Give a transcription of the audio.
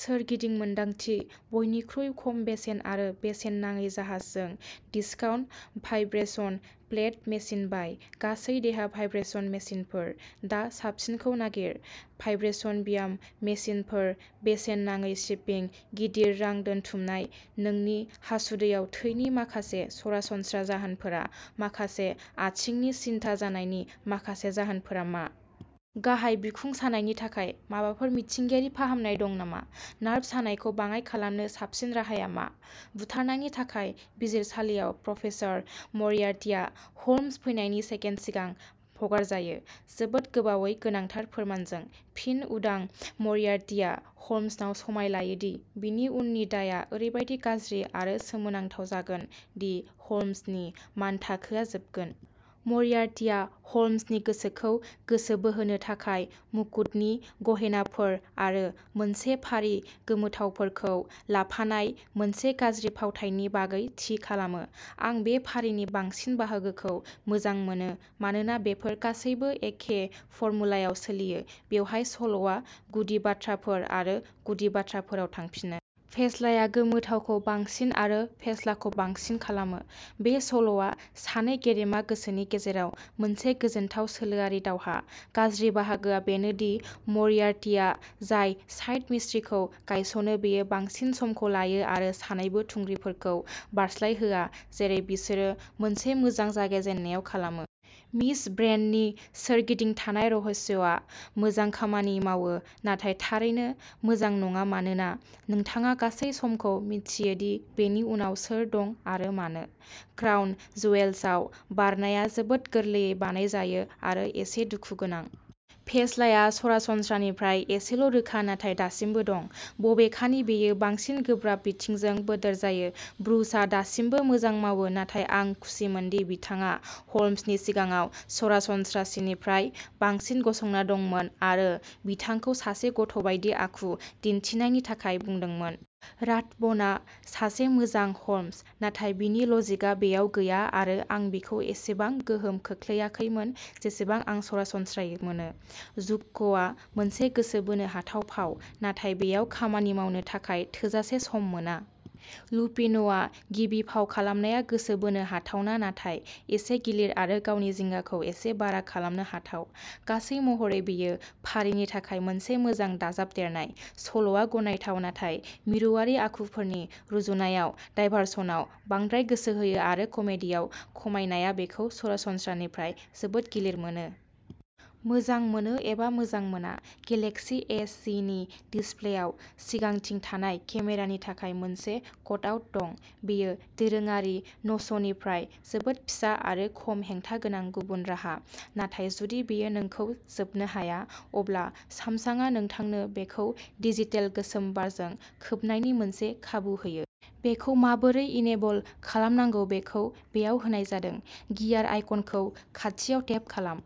सोरगिदिं मोन्दांथि। बयनिख्रुइ खम बेसेन आरो बेसेन नाङै जाहाजजों डिसकाउन्ट भाइब्रेशन प्लेट मेसिन बाय। गासै देहा भाइब्रेशन मेसिनफोर। दा साबसिनखौ नागिर। भाइब्रेशन ब्याम मेसिनफोर, बेसेन नाङै शिपिं, गिदिर रां दोनथुमनाय, नोंनि हासुदैयाव थैनि माखासे सरासनस्रा जाहोनफोरा माखासे आथिंनि सिनथा जानायनि माखासे जाहोनफोरा मा? गाहाय बिखुं सानायनि थाखाय माबाफोर मिथिंगायारि फाहामनाय दं नामा? नार्भ सानायखौ बाङाइ खालामनो साबसिन राहाया मा? बुथारनायनि थाखाय बिजिरसालियाव प्रफेसार मरियार्टिआ ह'ल्मस फैनायनि सेकेन्ड सिगां हगारजायो, जोबोद गोबावै गोनांथार फोरमानजों। फिन उदां मरियार्टिआ ह'ल्मसनाव समाय लायो दि बिनि उननि दायआ ओरैबादि गाज्रि आरो सोमोनांथाव जागोन दि ह'ल्मसनि मानथाखोआ जोबगोन। मरियार्टिया ह'ल्मसनि गोसोखौ गोसो बोहोनो थाखाय मुकुटनि गहेनाफोर आरो मोनसे फारि गोमोथावफोरखौ लाफानाय मोनसे गाज्रि फावथाइनि बागै थि खालामो। आं बे फारिनि बांसिन बाहागोखौ मोजां मोनो मानोना बेफोर गासैबो एखे फर्मुलायाव सोलियो। बेवहाय सल'आ गुदि बाथ्राफोर आरो गुदि बाथ्राफोराव थांफिनो। फेस्लाया गोमोथावखौ बांसिन आरो फेस्लाखौ बाङाइ खालामो। बे सल'आ सानै गेदेमा गोसोनि गेजेराव मोनसे गोजोनथाव सोलोआरि दावहा। गाज्रि बाहागोआ बेनो दि मरियार्टिया जाय साइड मिस्ट्रिखौ गायसनो बेयो बांसिन समखौ लायो आरो सानैबो थुंग्रिफोरखौ बारस्लायहोआ जेरै बिसोरो मोनसे मोजां जागायजेन्नायाव खालामो। मिस ब्रेन्डननि सोरगिदिं थानाय रहस्यआ मोजां खामानि मावो नाथाय थारैनो मोजां नङा मानोना नोंथाङा गासै समखौ मिथियो दि बेनि उनाव सोर दं आरो मानो। क्राउन ज्वेल्सआव बारनाया जोबोद गोरलैयै बानायजायो आरो एसे दुखु गोनां। फेस्लाया सरासनस्रानिफ्राय एसेल' रोखा नाथाय दासिमबो दं। बबेखानि बेयो बांसिन गोब्राब बिथिंजों बोदोर जायो। ब्रुसआ दासिमबो मोजां मावो नाथाय आं खुसिमोनदि बिथाङा ह'ल्मसनि सिगाङाव सरासनस्रा सिनिफ्राय बांसिन गसंना दंमोन आरो बिथांखौ सासे गथ'बायदि आखु दिन्थिनायनि थाखाय बुंदोंमोन। राथबनआ सासे मोजां ह'ल्मस। नाथाय बिनि लजिकआ बेयाव गैया आरो आं बिखौ एसेबां गोहोम खोख्लैयाखैमोन जेसेबां आं सरासनस्रायै मोनो। जुक्क'आ मोनसे गोसो बोनो हाथाव फाव नाथाय बेयाव खामानि मावनो थाखाय थोजासे सम मोना। लुपिन'आ गिबि फाव खालामनाया गोसो बोनो हाथावना नाथाय एसे गिलिर आरो गावनि जिंगाखौ एसे बारा खालामनो हाथाव। गासै महरै बेयो फारिनि थाखाय मोनसे मोजां दाजाबदेरनाय। सल'आ गनायथाव नाथाय मिरुआरि आखुफोरनि रुजुनायाव डायभारसनआव बांद्राय गोसो होयो आरो कमेडीयाव खमायनाया बेखौ सरासनस्रानिफ्राय जोबोद गिलिर मोनो। मोजां मोनो एबा मोजां मोना गेलेक्सी एस जि नि डिसप्लेआव सिगांथिं थानाय केमेरानि थाखाय मोनसे कटआउट दं। बेयो दोरोङारि न'चनिफ्राय जोबोद फिसा आरो खम हेंथा गोनां गुबुन राहा नाथाय जुदि बेयो नोंखौ जोबनो हाया अब्ला सामसांआ नोंथांनो बेखौ डिजिटेल गोसोम बारजों खोबनायनि मोनसे खाबु होयो। बेखौ माबोरै इनेबल खालामनांगौ बेखौ बेयाव होनाय जादों। गियार आइकनखौ खाथियाव टेप खालाम।